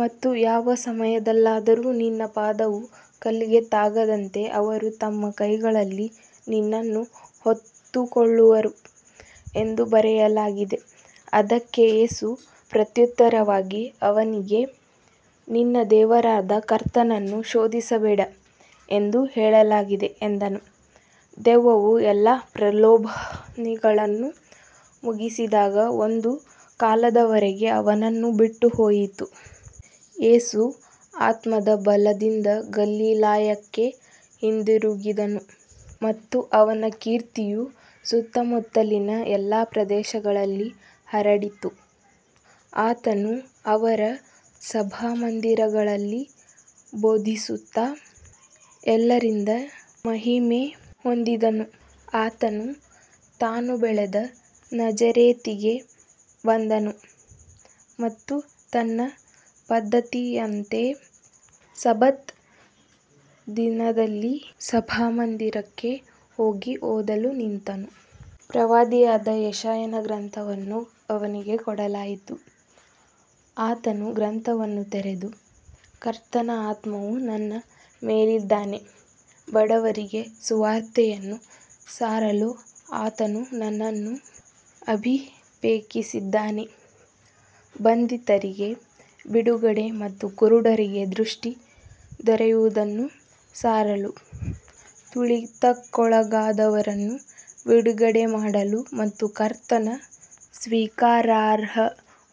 ಮತ್ತು ಯಾವ ಸಮಯದಲ್ಲಾದರೂ ನಿನ್ನ ಪಾದವು ಕಲ್ಲಿಗೆ ತಾಗದಂತೆ ಅವರು ತಮ್ಮ ಕೈಗಳಲ್ಲಿ ನಿನ್ನನ್ನು ಹೊತ್ತುಕೊಳ್ಳುವರು ಎಂದು ಬರೆಯಲಾಗಿದೆ. ಅದಕ್ಕೆ ಯೇಸು ಪ್ರತ್ಯುತ್ತರವಾಗಿ ಅವನಿಗೆ, ನಿನ್ನ ದೇವರಾದ ಕರ್ತನನ್ನು ಶೋಧಿಸಬೇಡ ಎಂದು ಹೇಳಲಾಗಿದೆ ಎಂದನು. ದೆವ್ವವು ಎಲ್ಲಾ ಪ್ರಲೋಭನೆಗಳನ್ನು ಮುಗಿಸಿದಾಗ ಒಂದು ಕಾಲದವರೆಗೆ ಅವನನ್ನು ಬಿಟ್ಟುಹೋಯಿತು. ಯೇಸು ಆತ್ಮದ ಬಲದಿಂದ ಗಲಿಲಾಯಕ್ಕೆ ಹಿಂದಿರುಗಿದನು ಮತ್ತು ಅವನ ಕೀರ್ತಿಯು ಸುತ್ತಮುತ್ತಲಿನ ಎಲ್ಲಾ ಪ್ರದೇಶಗಳಲ್ಲಿ ಹರಡಿತು. ಆತನು ಅವರ ಸಭಾಮಂದಿರಗಳಲ್ಲಿ ಬೋಧಿಸುತ್ತಾ ಎಲ್ಲರಿಂದ ಮಹಿಮೆ ಹೊಂದಿದನು. ಆತನು ತಾನು ಬೆಳೆದ ನಜರೇತಿಗೆ ಬಂದನು ಮತ್ತು ತನ್ನ ಪದ್ಧತಿಯಂತೆ ಸಬ್ಬತ್ ದಿನದಲ್ಲಿ ಸಭಾಮಂದಿರಕ್ಕೆ ಹೋಗಿ ಓದಲು ನಿಂತನು. ಪ್ರವಾದಿಯಾದ ಯೆಶಾಯನ ಗ್ರಂಥವನ್ನು ಅವನಿಗೆ ಕೊಡಲಾಯಿತು. ಆತನು ಗ್ರಂಥವನ್ನು ತೆರೆದು, ಕರ್ತನ ಆತ್ಮವು ನನ್ನ ಮೇಲಿದ್ದಾನೆ, ಬಡವರಿಗೆ ಸುವಾರ್ತೆಯನ್ನು ಸಾರಲು ಆತನು ನನ್ನನ್ನು ಅಭಿಷೇಕಿಸಿದ್ದಾನೆ, ಬಂಧಿತರಿಗೆ ಬಿಡುಗಡೆ ಮತ್ತು ಕುರುಡರಿಗೆ ದೃಷ್ಟಿ ದೊರೆಯುವುದನ್ನು ಸಾರಲು, ತುಳಿತಕ್ಕೊಳಗಾದವರನ್ನು ಬಿಡುಗಡೆಮಾಡಲು ಮತ್ತು ಕರ್ತನ ಸ್ವೀಕಾರಾರ್ಹ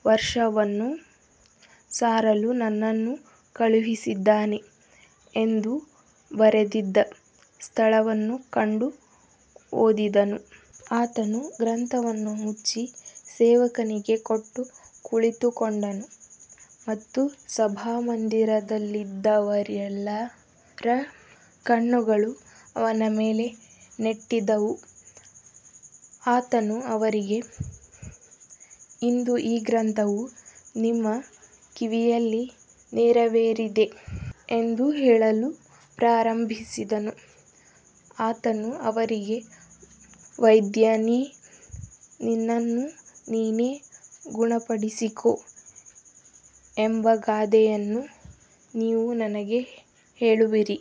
ವರ್ಷವನ್ನು ಸಾರಲು ನನ್ನನ್ನು ಕಳುಹಿಸಿದ್ದಾನೆ ಎಂದು ಬರೆದಿದ್ದ ಸ್ಥಳವನ್ನು ಕಂಡು ಓದಿದನು. ಆತನು ಗ್ರಂಥವನ್ನು ಮುಚ್ಚಿ ಸೇವಕನಿಗೆ ಕೊಟ್ಟು ಕುಳಿತುಕೊಂಡನು ಮತ್ತು ಸಭಾಮಂದಿರದಲ್ಲಿದ್ದವರೆಲ್ಲರ ಕಣ್ಣುಗಳು ಅವನ ಮೇಲೆ ನೆಟ್ಟಿದ್ದವು. ಆತನು ಅವರಿಗೆ, ಇಂದು ಈ ಗ್ರಂಥವು ನಿಮ್ಮ ಕಿವಿಯಲ್ಲಿ ನೆರವೇರಿದೆ ಎಂದು ಹೇಳಲು ಪ್ರಾರಂಭಿಸಿದನು. ಆತನು ಅವರಿಗೆ, ವೈದ್ಯನೇ, ನಿನ್ನನ್ನು ನೀನೇ ಗುಣಪಡಿಸಿಕೋ ಎಂಬ ಗಾದೆಯನ್ನು ನೀವು ನನಗೆ ಹೇಳುವಿರಿ.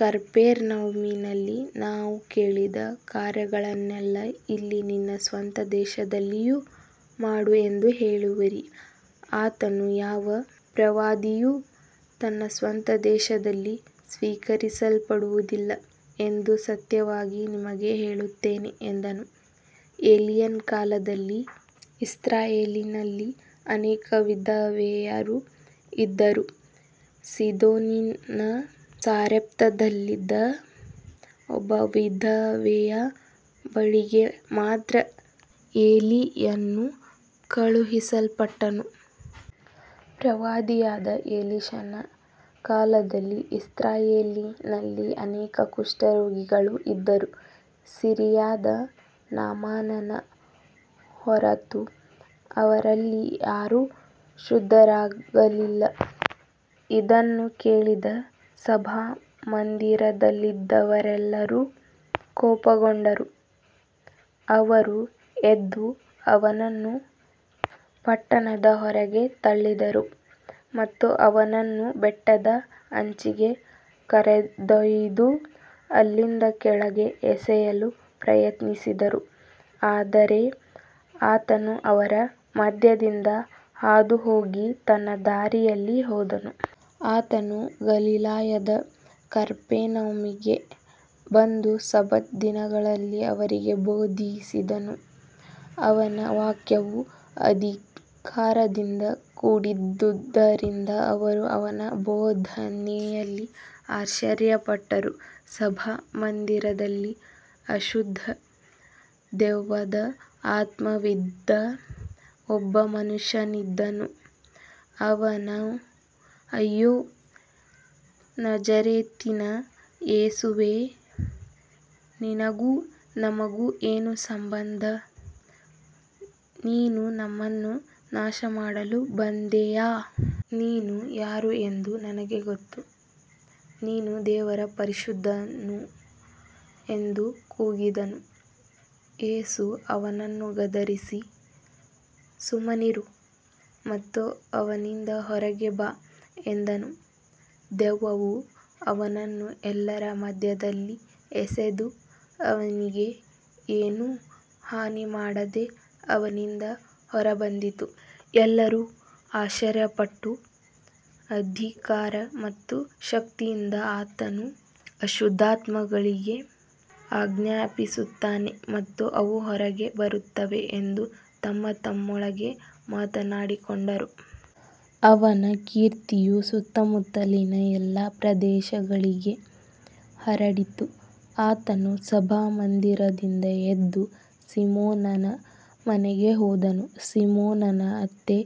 ಕಪೆರ್ನೌಮಿನಲ್ಲಿ ನಾವು ಕೇಳಿದ ಕಾರ್ಯಗಳನ್ನೆಲ್ಲ ಇಲ್ಲಿ ನಿನ್ನ ಸ್ವಂತ ದೇಶದಲ್ಲಿಯೂ ಮಾಡು ಎಂದು ಹೇಳುವಿರಿ. ಆತನು, ಯಾವ ಪ್ರವಾದಿಯೂ ತನ್ನ ಸ್ವಂತ ದೇಶದಲ್ಲಿ ಸ್ವೀಕರಿಸಲ್ಪಡುವುದಿಲ್ಲ ಎಂದು ಸತ್ಯವಾಗಿ ನಿಮಗೆ ಹೇಳುತ್ತೇನೆ ಎಂದನು. ಎಲೀಯನ ಕಾಲದಲ್ಲಿ ಇಸ್ರಾಯೇಲಿನಲ್ಲಿ ಅನೇಕ ವಿಧವೆಯರು ಇದ್ದರೂ ಸೀದೋನಿನ ಸಾರೆಪ್ತದಲ್ಲಿದ್ದ ಒಬ್ಬ ವಿಧವೆಯ ಬಳಿಗೆ ಮಾತ್ರ ಎಲೀಯನು ಕಳುಹಿಸಲ್ಪಟ್ಟನು. ಪ್ರವಾದಿಯಾದ ಎಲಿಷನ ಕಾಲದಲ್ಲಿ ಇಸ್ರಾಯೇಲಿನಲ್ಲಿ ಅನೇಕ ಕುಷ್ಠರೋಗಿಗಳು ಇದ್ದರೂ ಸಿರಿಯಾದ ನಾಮಾನನ ಹೊರತು ಅವರಲ್ಲಿ ಯಾರೂ ಶುದ್ಧರಾಗಲಿಲ್ಲ. ಇದನ್ನು ಕೇಳಿದ ಸಭಾಮಂದಿರದಲ್ಲಿದ್ದವರೆಲ್ಲರೂ ಕೋಪಗೊಂಡರು. ಅವರು ಎದ್ದು ಅವನನ್ನು ಪಟ್ಟಣದ ಹೊರಗೆ ತಳ್ಳಿದರು ಮತ್ತು ಅವನನ್ನು ಬೆಟ್ಟದ ಅಂಚಿಗೆ ಕರೆದೊಯ್ದು ಅಲ್ಲಿಂದ ಕೆಳಗೆ ಎಸೆಯಲು ಪ್ರಯತ್ನಿಸಿದರು. ಆದರೆ ಆತನು ಅವರ ಮಧ್ಯದಿಂದ ಹಾದುಹೋಗಿ ತನ್ನ ದಾರಿಯಲ್ಲಿ ಹೋದನು. ಆತನು ಗಲಿಲಾಯದ ಕಪೆರ್ನೌಮಿಗೆ ಬಂದು ಸಬ್ಬತ್ ದಿನಗಳಲ್ಲಿ ಅವರಿಗೆ ಬೋಧಿಸಿದನು. ಅವನ ವಾಕ್ಯವು ಅಧಿಕಾರದಿಂದ ಕೂಡಿದ್ದುದರಿಂದ ಅವರು ಅವನ ಬೋಧನೆಯಲ್ಲಿ ಆಶ್ಚರ್ಯಪಟ್ಟರು. ಸಭಾಮಂದಿರದಲ್ಲಿ ಅಶುದ್ಧ ದೆವ್ವದ ಆತ್ಮವಿದ್ದ ಒಬ್ಬ ಮನುಷ್ಯನಿದ್ದನು. ಅವನು, ಅಯ್ಯೋ, ನಜರೇತಿನ ಯೇಸುವೇ, ನಿನಗೂ ನಮಗೂ ಏನು ಸಂಬಂಧ. ನೀನು ನಮ್ಮನ್ನು ನಾಶಮಾಡಲು ಬಂದೆಯಾ. ನೀನು ಯಾರು ಎಂದು ನನಗೆ ಗೊತ್ತು, ನೀನು ದೇವರ ಪರಿಶುದ್ಧನು ಎಂದು ಕೂಗಿದನು. ಯೇಸು ಅವನನ್ನು ಗದರಿಸಿ, ಸುಮ್ಮನಿರು ಮತ್ತು ಅವನಿಂದ ಹೊರಗೆ ಬಾ ಎಂದನು. ದೆವ್ವವು ಅವನನ್ನು ಎಲ್ಲರ ಮಧ್ಯದಲ್ಲಿ ಎಸೆದು ಅವನಿಗೆ ಏನೂ ಹಾನಿಮಾಡದೆ ಅವನಿಂದ ಹೊರಬಂದಿತು. ಎಲ್ಲರೂ ಆಶ್ಚರ್ಯಪಟ್ಟು, ಅಧಿಕಾರ ಮತ್ತು ಶಕ್ತಿಯಿಂದ ಆತನು ಅಶುದ್ಧಾತ್ಮಗಳಿಗೆ ಆಜ್ಞಾಪಿಸುತ್ತಾನೆ ಮತ್ತು ಅವು ಹೊರಗೆ ಬರುತ್ತವೆ ಎಂದು ತಮ್ಮತಮ್ಮೊಳಗೆ ಮಾತನಾಡಿಕೊಂಡರು. ಅವನ ಕೀರ್ತಿಯು ಸುತ್ತಮುತ್ತಲಿನ ಎಲ್ಲಾ ಪ್ರದೇಶಗಳಿಗೆ ಹರಡಿತು. ಆತನು ಸಭಾಮಂದಿರದಿಂದ ಎದ್ದು ಸೀಮೋನನ ಮನೆಗೆ ಹೋದನು. ಸೀಮೋನನ ಅತ್ತೆ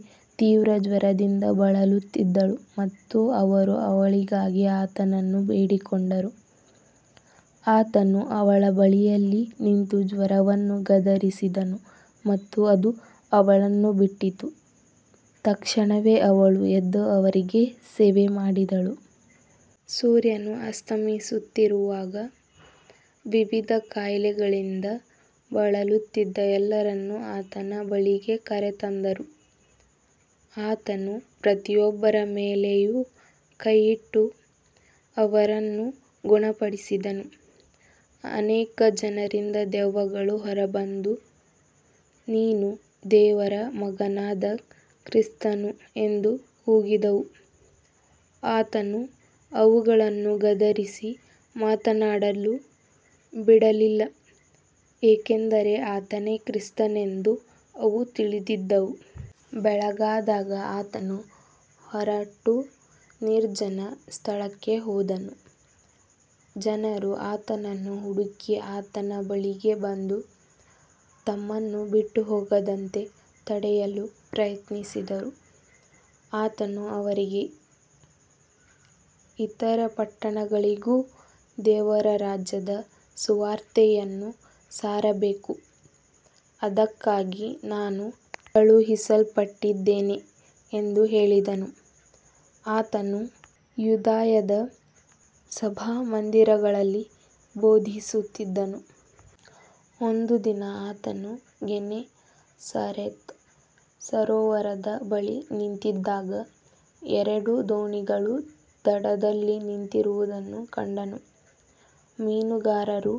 ತೀವ್ರ ಜ್ವರದಿಂದ ಬಳಲುತ್ತಿದ್ದಳು ಮತ್ತು ಅವರು ಅವಳಿಗಾಗಿ ಆತನನ್ನು ಬೇಡಿಕೊಂಡರು. ಆತನು ಅವಳ ಬಳಿಯಲ್ಲಿ ನಿಂತು ಜ್ವರವನ್ನು ಗದರಿಸಿದನು ಮತ್ತು ಅದು ಅವಳನ್ನು ಬಿಟ್ಟಿತು. ತಕ್ಷಣವೇ ಅವಳು ಎದ್ದು ಅವರಿಗೆ ಸೇವೆಮಾಡಿದಳು. ಸೂರ್ಯನು ಅಸ್ತಮಿಸುತ್ತಿರುವಾಗ ವಿವಿಧ ಕಾಯಿಲೆಗಳಿಂದ ಬಳಲುತ್ತಿದ್ದ ಎಲ್ಲರನ್ನು ಆತನ ಬಳಿಗೆ ಕರೆತಂದರು. ಆತನು ಪ್ರತಿಯೊಬ್ಬರ ಮೇಲೆಯೂ ಕೈಯಿಟ್ಟು ಅವರನ್ನು ಗುಣಪಡಿಸಿದನು. ಅನೇಕ ಜನರಿಂದ ದೆವ್ವಗಳು ಹೊರಬಂದು, ನೀನು ದೇವರ ಮಗನಾದ ಕ್ರಿಸ್ತನು ಎಂದು ಕೂಗಿದವು. ಆತನು ಅವುಗಳನ್ನು ಗದರಿಸಿ ಮಾತನಾಡಲು ಬಿಡಲಿಲ್ಲ, ಏಕೆಂದರೆ ಆತನೇ ಕ್ರಿಸ್ತನೆಂದು ಅವು ತಿಳಿದಿದ್ದವು. ಬೆಳಗಾದಾಗ ಆತನು ಹೊರಟು ನಿರ್ಜನ ಸ್ಥಳಕ್ಕೆ ಹೋದನು. ಜನರು ಆತನನ್ನು ಹುಡುಕಿ ಆತನ ಬಳಿಗೆ ಬಂದು, ತಮ್ಮನ್ನು ಬಿಟ್ಟುಹೋಗದಂತೆ ತಡೆಯಲು ಪ್ರಯತ್ನಿಸಿದರು. ಆತನು ಅವರಿಗೆ, ಇತರ ಪಟ್ಟಣಗಳಿಗೂ ದೇವರ ರಾಜ್ಯದ ಸುವಾರ್ತೆಯನ್ನು ಸಾರಬೇಕು. ಅದಕ್ಕಾಗಿ ನಾನು ಕಳುಹಿಸಲ್ಪಟ್ಟಿದ್ದೇನೆ ಎಂದು ಹೇಳಿದನು. ಆತನು ಯೂದಾಯದ ಸಭಾಮಂದಿರಗಳಲ್ಲಿ ಬೋಧಿಸುತ್ತಿದ್ದನು. ಒಂದು ದಿನ ಆತನು ಗೆನೆಸರೇತ್ ಸರೋವರದ ಬಳಿ ನಿಂತಿದ್ದಾಗ ಎರಡು ದೋಣಿಗಳು ದಡದಲ್ಲಿ ನಿಂತಿರುವುದನ್ನು ಕಂಡನು. ಮೀನುಗಾರರು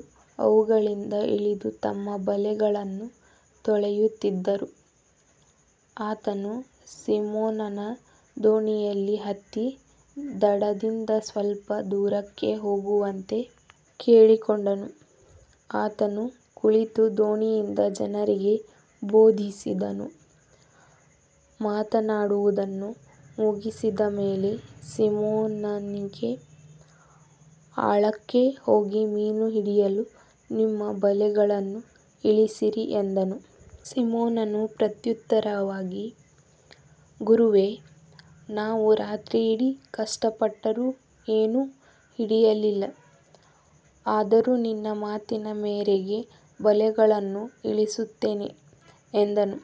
ಅವುಗಳಿಂದ ಇಳಿದು ತಮ್ಮ ಬಲೆಗಳನ್ನು ತೊಳೆಯುತ್ತಿದ್ದರು. ಆತನು ಸೀಮೋನನ ದೋಣಿಯಲ್ಲಿ ಹತ್ತಿ ದಡದಿಂದ ಸ್ವಲ್ಪ ದೂರಕ್ಕೆ ಹೋಗುವಂತೆ ಕೇಳಿಕೊಂಡನು. ಆತನು ಕುಳಿತು ದೋಣಿಯಿಂದ ಜನರಿಗೆ ಬೋಧಿಸಿದನು. ಮಾತನಾಡುವುದನ್ನು ಮುಗಿಸಿದ ಮೇಲೆ ಸೀಮೋನನಿಗೆ, ಆಳಕ್ಕೆ ಹೋಗಿ ಮೀನು ಹಿಡಿಯಲು ನಿಮ್ಮ ಬಲೆಗಳನ್ನು ಇಳಿಸಿರಿ ಎಂದನು. ಸೀಮೋನನು ಪ್ರತ್ಯುತ್ತರವಾಗಿ, ಗುರುವೇ, ನಾವು ರಾತ್ರಿಯಿಡೀ ಕಷ್ಟಪಟ್ಟರೂ ಏನೂ ಹಿಡಿಯಲಿಲ್ಲ. ಆದರೂ ನಿನ್ನ ಮಾತಿನ ಮೇರೆಗೆ ಬಲೆಗಳನ್ನು ಇಳಿಸುತ್ತೇನೆ ಎಂದನು.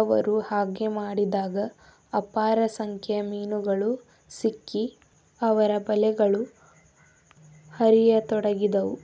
ಅವರು ಹಾಗೆ ಮಾಡಿದಾಗ ಅಪಾರ ಸಂಖ್ಯೆಯ ಮೀನುಗಳು ಸಿಕ್ಕಿ ಅವರ ಬಲೆಗಳು ಹರಿಯತೊಡಗಿದವು.